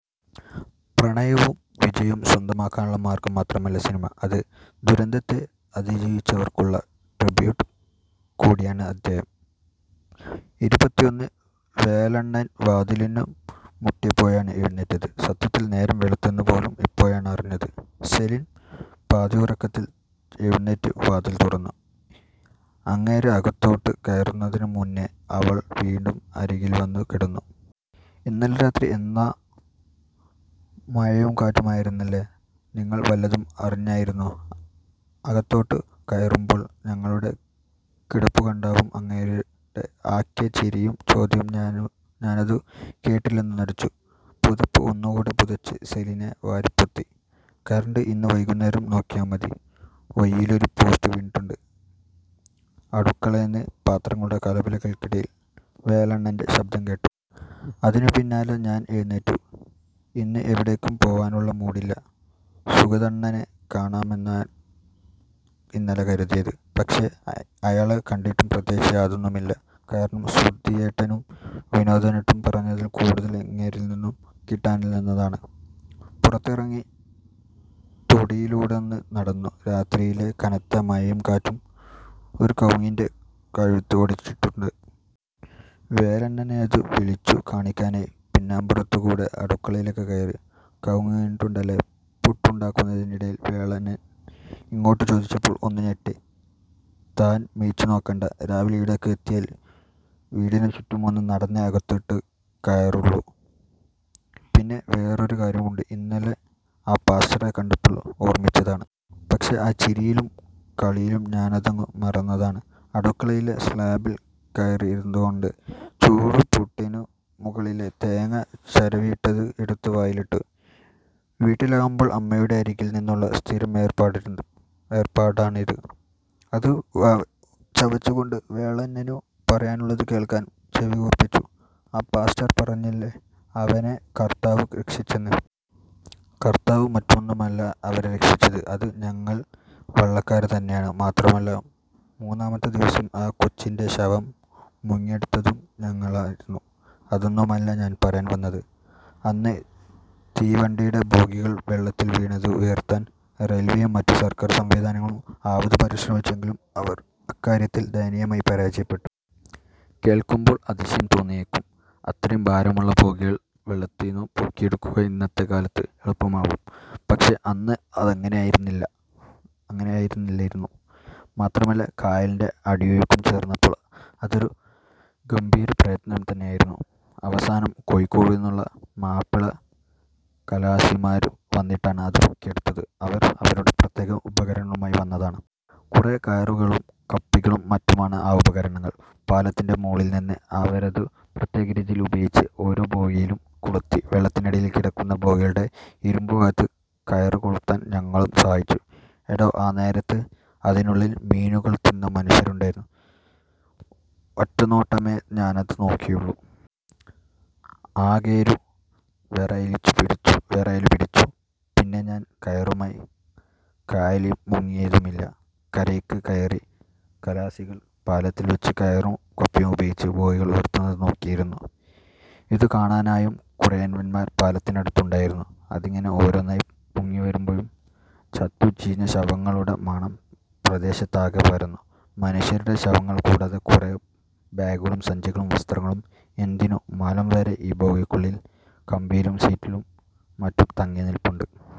പ്രണയവും വിജയവും സ്വന്തമാക്കാനുള്ള മാർഗം മാത്രമല്ല സിനിമ; അത് ദുരന്തത്തെ അതിജീവിച്ചവർക്കുള്ള ട്രിബ്യൂട്ട് കൂടിയാണ് അധ്യായം: ഇരുപത്തിയൊന്ന് വേലണ്ണൻ വാതിലിനു മുട്ടിയപ്പോഴാണ് എഴുന്നേറ്റത്. സത്യത്തിൽ നേരം വെളുത്തെന്നു പോലും ഇപ്പോഴാണ് അറിഞ്ഞത്. സെലിൻ പാതിയുറക്കത്തിൽ എഴുന്നേറ്റു വാതിൽ തുറന്നു, അങ്ങേര് അകത്തോട്ട് കയറുന്നതിനു മുന്നെ അവൾ വീണ്ടും അരികിൽവന്നു കിടന്നു. "ഇന്നലെ രാത്രി എന്നാ മഴയുംകാറ്റുമായിരുന്നല്ലേ? നിങ്ങള് വല്ലതും അറിഞായിരുന്നോ? അകത്തോട്ടു കയറുമ്പോൾ ഞങ്ങളുടെ കിടപ്പുകണ്ടാവും അങ്ങേരു ആക്കിയ ചിരിയും ചോദ്യവും ഞാ ഞാനതു കേട്ടില്ലെന്നു നടിച്ചു. പുതപ്പ് ഒന്നുകൂടെ പുതച്ച് സെലിനെ വാരിപ്പൊത്തി. "കരണ്ട് ഇന്ന് വൈകുന്നേരം നോക്കിയാ മതി. വഴീലൊരു പോസ്റ്റ് വീണിട്ടുണ്ട്" അടുക്കേളേന്ന് പാത്രങ്ങളുടെ കലപിലക്കിടയിൽ വേലണ്ണന്റെ ശബ്ദം കേട്ടു. അതിനു പിന്നാലെ ഞാൻ എഴുന്നേറ്റു. ഇന്ന് എവിടേക്കും പോവാനുള്ള മൂഡില്ല. സുഗതണ്ണനെ കാണാമെന്നാഇന്നലെ കരുതിയത്. പക്ഷേ. അയാളെ കണ്ടിട്ടും പ്രത്യേകിച്ച് യാതൊന്നുമില്ല. കാരണം, സുധിയേട്ടനും വിനോദേട്ടനും പറഞ്ഞതിൽ കൂടുതൽ അങ്ങേരിൽ നിന്നും കിട്ടാനില്ലെന്നതാണ്. പുറത്തിറങ്ങി തൊടിയിലൂടൊന്നു നടന്നു. രാത്രിയിലെ കനത്ത മഴയും കാറ്റും ഒരു കവുങ്ങിന്റ കഴുത്ത് ഒടിച്ചിട്ടിട്ടുണ്ട്. വേലണ്ണനെയതു വിളിച്ചു കാണിക്കാനായി പിന്നാമ്പുറത്തു കൂടെ അടുക്കളയിലേക്ക് കയറി. "കവുങ്ങ് വീണിട്ടുണ്ടല്ലേ? " പുട്ട് ഉണ്ടാക്കുന്നതിന് ഇടയിൽ വേളൻ ഇങ്ങോട്ടു ചോദിച്ചപ്പോൾ ഒന്നു ഞെട്ടി. "താൻ മിഴിച്ചുനോക്കണ്ട. രാവിലെ ഇവിടേക്ക് എത്തിയാല് വീടിനു ചുറ്റുമൊന്നു നടന്നേ അകത്തോട്ടു കയറുള്ളൂ. പിന്നെ വേറൊരു കാര്യമുണ്ട്. ഇന്നലെ ആ പാസ്റ്ററെ കണ്ടപ്പോൾ ഓർമിച്ചതാണ്. പക്ഷേ, ആ ചിരിയിലും കളിയിലും ഞാനതങ്ങു മറന്നതാണ്" അടുക്കളയിലെ സ്ലാബിൽ കയറി ഇരുന്നുകൊണ്ട്, ചൂടു പുട്ടിനു മുകളിലെ തേങ്ങ ചിരവിയിട്ടത് എടുത്ത് വായിലിട്ടു. വീട്ടിലാവുമ്പോൾ അമ്മയുടെ അരികിൽ നിന്നുള്ള സ്ഥിരം ഏർപ്പാടാണ് ഏർപ്പാടാണിത്. അതു ചവച്ചുകൊണ്ട് വേലണ്ണനു പറയാനുള്ളതു കേൾക്കാൻ ചെവികൂർപ്പിച്ചു. "ആ പാസ്റ്റർ പറഞ്ഞില്ലേ അവനെ കർത്താവു രക്ഷിച്ചെന്ന്. കർത്താവും മറ്റുമൊന്നുമല്ല അവരെ രരക്ഷിച്ചത്. അതു ഞങ്ങൾ വള്ളക്കാര് തന്നെയാണ്. മാത്രമല്ല, മൂന്നാമത്തെ ദിവസം ആ കൊച്ചിന്റെ ശവം മുങ്ങിയെടുത്തതും ഞങ്ങളായിരുന്നു. അതൊന്നുമല്ല ഞാൻ പറയാൻ വന്നത്. അന്ന് തീവണ്ടീടെ ബോഗികൾ വെള്ളത്തിൽ വീണത് ഉയർത്താൻ റെയിൽവേയും മറ്റു സർക്കാർ സംവിധാനങ്ങളും ആവതു പരിശ്രമിച്ചെങ്കിലും അവര് അക്കാര്യത്തിൽ ദയനീയമായി പരാജയപ്പെട്ടു. കേൾക്കുമ്പോൾ അതിശയം തോന്നിയേക്കും. അത്രേം ഭാരമുള്ള ബോഗികൾ വെള്ളത്തീന്നു പൊക്കിയെടുക്കുക ഇന്നത്തെ കാലത്ത് എളുപ്പമാവും. പക്ഷേ, അന്ന് അതങ്ങനെയായിരുന്നില്ല അതങ്ങിനെയല്ലായിരുന്നു. മാത്രമല്ല കായലിന്റെ അടിയൊഴുക്കും ചേർന്നപ്പോൾ അതൊരു ഭഗീരപ്രയ്തനം തന്നെ ആയിരുന്നു. അവസാനം കോഴിക്കോടു നിന്നുള്ള മാപ്പിളഖലാസിമാര് വന്നിട്ടാണ് അതു പൊക്കിയെടുത്തത്. അവര്, അവരുടെ പ്രത്യേകം ഉപകരണങ്ങളുമായി വന്നതാണ്. കുറേ കയറുകളും കപ്പികളും മറ്റുമാണ് ആ ഉപകരണങ്ങൾ. പാലത്തിന്റെ മോളിൽ നിന്ന്, അവരതു പ്രത്യേകരീതിയിൽ ഉപയോഗിച്ച് ഓരോ ബോഗിയിലും കൊളുത്തി. വെള്ളത്തിനടിയിൽ കിടക്കുന്ന ബോഗികളുടെ ഇരുമ്പു ഭാഗത്ത് കയറ് കൊളുത്താൻ ഞങ്ങളുും സഹായിച്ചു. എടോ ആ നേരത്ത്, അതിനുള്ളിൽ മീനുകള് തിന്ന മനുഷ്യരുണ്ടായിരുന്നു. ഒറ്റനോട്ടമേ ഞാനതു നോക്കിയുള്ളൂ. ആകെയൊരു വെറയലുപിടിച്ചു. പിന്നെ ഞാൻ കയറുമായി കായലീ മുങ്ങിയതുമില്ല. കരയ്ക് കയറി, ഖലാസികള് പാലത്തിൽവെച്ച് കയറും കപ്പിയും ഉപയോഗിച്ച് ബോഗികൾ ഉയർത്തുന്നതു നോക്കി ഇരുന്നു. അതുകാണാനായും കുറേയവന്മാര് പാലത്തിനടുത്ത് ഉണ്ടായിരുന്നു. അതിങ്ങനെ ഓരോന്നായി പൊങ്ങിവരുമ്പോഴും ചത്തു ചീഞ്ഞ ശവങ്ങളുടെ മണം പ്രദേശത്താകെ പരന്നു. മനുഷ്യരുടെ ശവങ്ങള് കൂടാതെ കുറേ ബാഗുകളും സഞ്ചികളും വസ്ത്രങ്ങളും എ ന്തിനു മലം വരെ ഈ ബോഗിക്കുള്ളിലെ കമ്പിയിലും സീറ്റിലും മറ്റും തങ്ങി നിൽപ്പുണ്ട്.